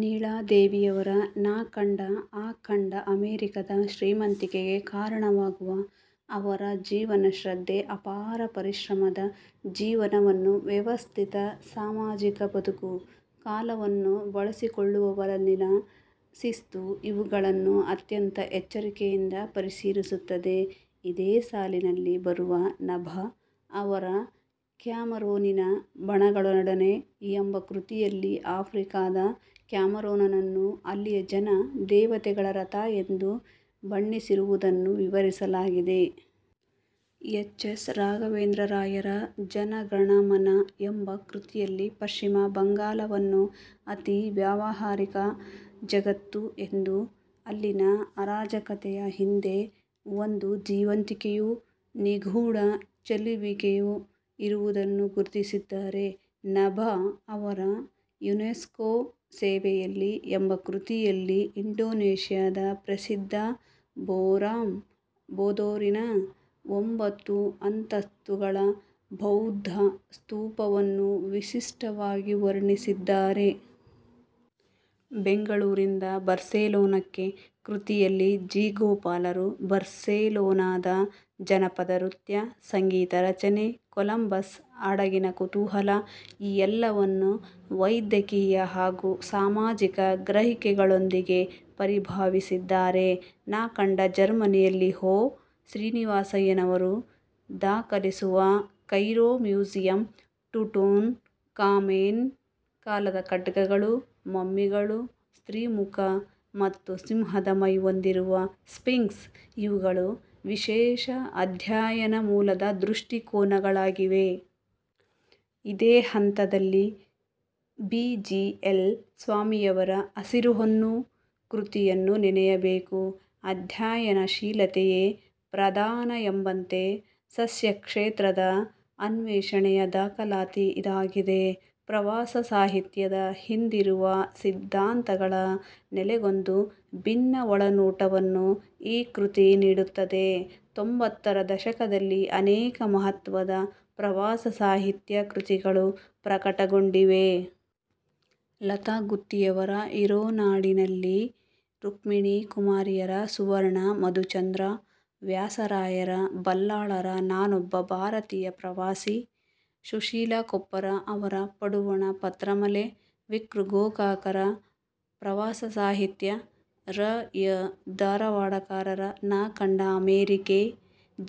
ನೀಳಾದೇವಿಯವರ ನಾ ಕಂಡ ಆ ಖಂಡ ಅಮೆರಿಕದ ಶ್ರೀಮಂತಿಕೆಗೆ ಕಾರಣವಾಗುವ ಅವರ ಜೀವನಶ್ರದ್ಧೆ, ಅಪಾರ ಪರಿಶ್ರಮದ ಜೀವನವನ್ನು ವ್ಯವಸ್ಥಿತ ಸಾಮಾಜಿಕ ಬದುಕು, ಕಾಲವನ್ನು ಬಳಸಿಕೊಳ್ಳುವಲ್ಲಿನ ಶಿಸ್ತು- ಇವುಗಳನ್ನು ಅತ್ಯಂತ ಎಚ್ಚರಿಕೆಯಿಂದ ಪರಿಶೀಲಿಸುತ್ತದೆ. ಇದೇ ಸಾಲಿನಲ್ಲಿ ಬರುವ ನಭ ಅವರ ಕ್ಯಾಮರೂನಿನ ಬಣಗಳೊಡನೆ ಎಂಬ ಕೃತಿಯಲ್ಲಿ ಆಫ್ರಿಕಾದ ಕ್ಯಾಮರೂನನ್ನು ಅಲ್ಲಿಯ ಜನ ದೇವತೆಗಳ ರಥ ಎಂದು ಬಣ್ಣಿಸಿರುವುದನ್ನು ವಿವರಿಸಲಾಗಿದೆ. ಎಚ್. ಎಸ್. ರಾಘವೇಂದ್ರರಾಯರ "ಜನಗಣಮನ" ಎಂಬ ಕೃತಿಯಲ್ಲಿ ಪಶ್ಚಿಮ ಬಂಗಾಲವನ್ನು ಅತೀ ವ್ಯಾವಹಾರಿಕ ಜಗತ್ತು ಎಂದೂ ಅಲ್ಲಿನ ಅರಾಜಕತೆಯ ಹಿಂದೆ ಒಂದು ಜೀವಂತಿಕೆಯೂ ನಿಗೂಢ ಚೆಲುವಿಕೆಯೂ ಇರುವುದನ್ನು ಗುರುತಿಸಿದ್ದಾರೆ. ನಭ ಅವರು ಯುನೆಸ್ಕೋ ಸೇವೆಯಲ್ಲಿ ಎಂಬ ಕೃತಿಯಲ್ಲಿ ಇಂಡೊನೇಷ್ಯದ ಪ್ರಸಿದ್ಧ ಬೋರಾಂ ಬೋದೂರಿನ ಒಂಬತ್ತು ಅಂತಸ್ತುಗಳ ಬೌದ್ಧ ಸ್ತೂಪವನ್ನು ವಿಶಿಷ್ಟವಾಗಿ ವರ್ಣಿಸಿದ್ದಾರೆ. ಬೆಂಗಳೂರಿಂದ ಬಾರ್ಸೆಲೋನಾಕ್ಕೆ ಕೃತಿಯಲ್ಲಿ ಜಿ. ಗೋಪಾಲರು ಬಾರ್ಸೆಲೋನಾದ ಜನಪದ ನೃತ್ಯ, ಸಂಗೀತ ರಚನೆ, ಕೊಲಂಬಸ್ ಹಡಗಿನ ಕುತೂಹಲ ಈ ಎಲ್ಲವನ್ನೂ ವೈದ್ಯಕೀಯ ಹಾಗೂ ಸಾಮಾಜಿಕ ಗ್ರಹಿಕೆಗಳೊಂದಿಗೆ ಪರಿಭಾವಿಸಿದ್ದಾರೆ. ನಾ ಕಂಡ ಜರ್ಮನಿಯಲ್ಲಿ ಹೊ. ಶ್ರೀನಿವಾಸಯ್ಯನವರು ದಾಖಲಿಸುವ ಕೈರೋ ಮ್ಯೂಸಿಯಂ, ಟುಟುನ್ ಖಾಮೆನ್ ಕಾಲದ ಖಡ್ಗಗಳು, ಮಮ್ಮಿಗಳು, ಸ್ತ್ರೀ ಮುಖ ಮತ್ತು ಸಿಂಹದ ಮೈ ಹೊಂದಿರುವ ಸ್ಫಿಂಕ್ಸ್ ಇವುಗಳು ವಿಶೇಷ ಅಧ್ಯಯನ ಮೂಲದ ದೃಷ್ಟಿಕೋನಗಳಾಗಿವೆ. ಇದೇ ಹಂತದಲ್ಲಿ ಬಿ. ಜಿ. ಎಲ್. ಸ್ವಾಮಿಯವರ "ಹಸಿರು ಹೊನ್ನು" ಕೃತಿಯನ್ನೂ ನೆನೆಯಬೇಕು. ಅಧ್ಯಯನಶೀಲತೆಯೇ ಪ್ರಧಾನ ಎಂಬಂತೆ ಸಸ್ಯಕ್ಷೇತ್ರದ ಅನ್ವೇಷಣೆಯ ದಾಖಲಾತಿ ಇದಾಗಿದೆ. ಪ್ರವಾಸ ಸಾಹಿತ್ಯದ ಹಿಂದಿರುವ ಸಿದ್ಧಾಂತಗಳ ನೆಲೆಗೊಂದು ಬಿನ್ನ ಒಳನೋಟವನ್ನು ಈ ಕೃತಿ ನೀಡುತ್ತದೆ. ತೊಂಭತ್ತರ ದಶಕದಲ್ಲಿ ಅನೇಕ ಮಹತ್ವದ ಪ್ರವಾಸ ಸಾಹಿತ್ಯ ಕೃತಿಗಳು ಪ್ರಕಟಗೊಂಡಿವೆ. ಲತಾಗುತ್ತಿಯವರ ಯುರೋನಾಡಿನಲ್ಲಿ, ರುಕ್ಮಿಣಿಕುಮಾರಿಯವರ ಸುವರ್ಣ ಮಧುಚಂದ್ರ, ವ್ಯಾಸರಾಯ ಬಲ್ಲಾಳರ ನಾನೊಬ್ಬ ಭಾರತೀಯ ಪ್ರವಾಸಿ, ಸುಶೀಲಾ ಕೊಪ್ಪರ ಅವರ ಪಡುವಣ ಪತ್ರಮಾಲೆ, ವಿ. ಕೃ. ಗೋಕಾಕರ ಪ್ರವಾಸ ಸಾಹಿತ್ಯ, ರಾ. ಯ. ಧಾರವಾಡಕರರ ನಾಕಂಡ ಅಮೆರಿಕೆ,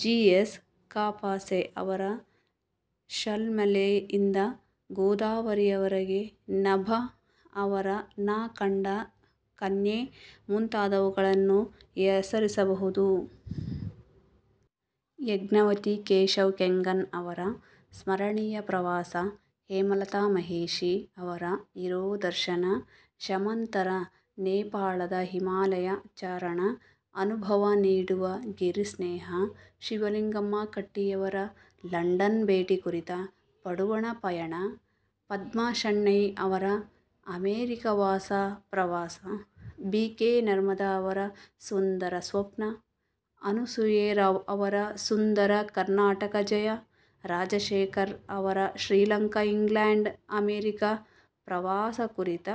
ಜಿ. ಎಸ್. ಕಾಪಸೆ ಅವರ ಶಾಲ್ಮಲೆಯಿಂದ ಗೋದಾವರಿವರೆಗೆ, ನಭ ಅವರ ನಾ ಕಂಡ ಕೆನ್ಯಾ ಮುಂತಾದುವುಗಳನ್ನು ಹೆಸರಿಸಬಹುದು. ಯಜ್ಞವತಿ ಕೇಶವ ಕಂಗೆನ್ ಅವರ ಸ್ಮರಣೀಯ ಪ್ರವಾಸ, ಹೇಮಲತಾ ಮಹಿಷಿ ಅವರ ಯುರೋದರ್ಶನ, ಶಮಂತರ ನೇಪಾಳದ ಹಿಮಾಲಯ ಚಾರಣ ಅನುಭವ ನೀಡುವ ಗಿರಿಸ್ನೇಹ, ಶಿವಲಿಂಗಮ್ಮ ಕಟ್ಟಿಯವರ ಲಂಡನ್ ಭೇಟಿ ಕುರಿತ ಪಡುವಣ ಪಯಣ, ಪದ್ಮಾಶೆಣೈ ಅವರ ಅಮೆರಿಕವಾಸ ಪ್ರವಾಸ, ಬಿ. ಕೆ. ನರ್ಮದ ಅವರ ಸುಂದರಸ್ವಪ್ನ, ಅನಸೂಯಾ ರಾವ್ ಅವರ ಸುಂದರ ಕರ್ನಾಟಕ ಜಯಾ ರಾಜಶೇಖರ ಅವರ ಶ್ರೀಲಂಕಾ ಇಂಗ್ಲೆಂಡ್ ಅಮೆರಿಕಾ ಪ್ರವಾಸ ಕುರಿತ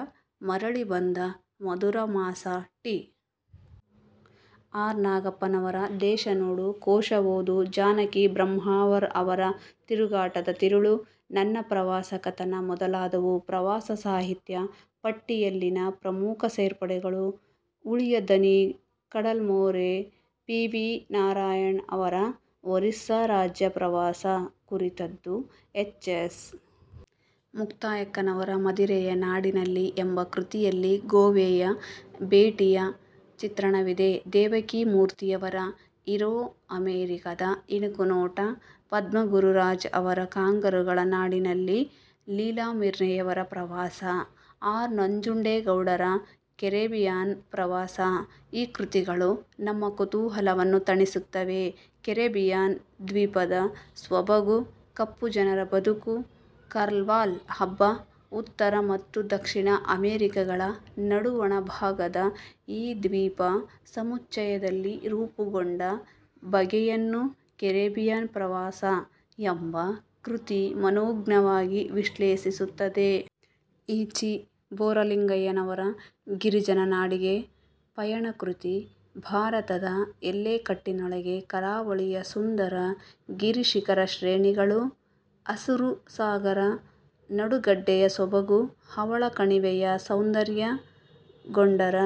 ಮರಳಿ ಬಂದ ಮಧುರ ಮಾಸ ಟಿ. ಆರ್. ನಾಗಪ್ಪನವರ ದೇಶ ನೋಡು ಕೋಶ ಓದು ಜಾನಕಿ ಬ್ರಹ್ಮಾವರ ಅವರ ತಿರುಗಾಟದ ತಿರುಳು, ನನ್ನ ಪ್ರವಾಸ ಕಥನ ಮೊದಲಾದವು ಪ್ರವಾಸ ಸಾಹಿತ್ಯ ಪಟ್ಟಿಯಲ್ಲಿನ ಪ್ರಮುಖ ಸೇರ್ಪಡೆಗಳು. ಉಳಿಯ ದನಿ ಕಡಲಮೊರೆ ಪಿ. ವಿ. ನಾರಾಯಣ ಅವರ ಒರಿಸ್ಸ ರಾಜ್ಯ ಪ್ರವಾಸ ಕುರಿತದ್ದು. ಎಚ್. ಎಸ್. ಮುಕ್ತಾಯಕ್ಕನವರ ಮದಿರೆಯ ನಾಡಿನಲ್ಲಿ ಎಂಬ ಕೃತಿಯಲ್ಲಿ ಗೋವೆಯ ಭೇಟಿಯ ಚಿತ್ರಣವಿದೆ. ದೇವಕೀ ಮೂರ್ತಿ ಅವರ ಯುರೋ ಅಮೆರಿಕಾದ ಇಣುಕುನೋಟ, ಪದ್ಮಗುರುರಾಜ್ ಅವರ ಕಾಂಗರೂಗಳ ನಾಡಿನಲ್ಲಿ, ಲೀಲಾ ಮಿರ್ಲೆಯವರ ಪ್ರವಾಸ, ಆರ್. ನಂಜುಂಡೇಗೌಡರ ಕೆರೆಬಿಯನ್ ಪ್ರವಾಸ, ಈ ಕೃತಿಗಳು ನಮ್ಮ ಕುತೂಹಲವನ್ನು ತಣಿಸುತ್ತವೆ. ಕೆರೆಬಿಯನ್ ದ್ವೀಪದ ಸೊಬಗು ಕಪ್ಪುಜನರ ಬದುಕು ಕಾರ್ವಾಲ್ ಹಬ್ಬ, ಉತ್ತರ ಮತ್ತು ದಕ್ಷಿಣ ಅಮೆರಿಕಗಳ ನಡುವಣ ಭಾಗದ ಈ ದ್ವೀಪ ಸಮುಚ್ಚಯದಲ್ಲಿ ರೂಪುಗೊಂಡ ಬಗೆಯನ್ನು ಕೆರೆಬಿಯನ್ ಪ್ರವಾಸ ಎಂಬ ಕೃತಿ ಮನೋಜ್ಞವಾಗಿ ವಿಶ್ಲೇಷಿಸುತ್ತದೆ. ಹಿ. ಚಿ. ಬೋರಲಿಂಗಯ್ಯನವರ ಗಿರಿಜನ ನಾಡಿಗೆ ಪಯಣ ಕೃತಿ ಭಾರತದ ಎಲ್ಲೆಕಟ್ಟಿನೊಳಗೆ ಕರಾವಳಿಯ ಸುಂದರ ಗಿರಿಶಿಖರ ಶ್ರೇಣಿಗಳು, ಹಸುರು, ಸಾಗರ ನಡುಗಡ್ಡೆಯ ಸೊಬಗು, ಹವಳ ಕಣಿವೆಯ ಸೌಂದರ್ಯ, ಗೊಂಡರ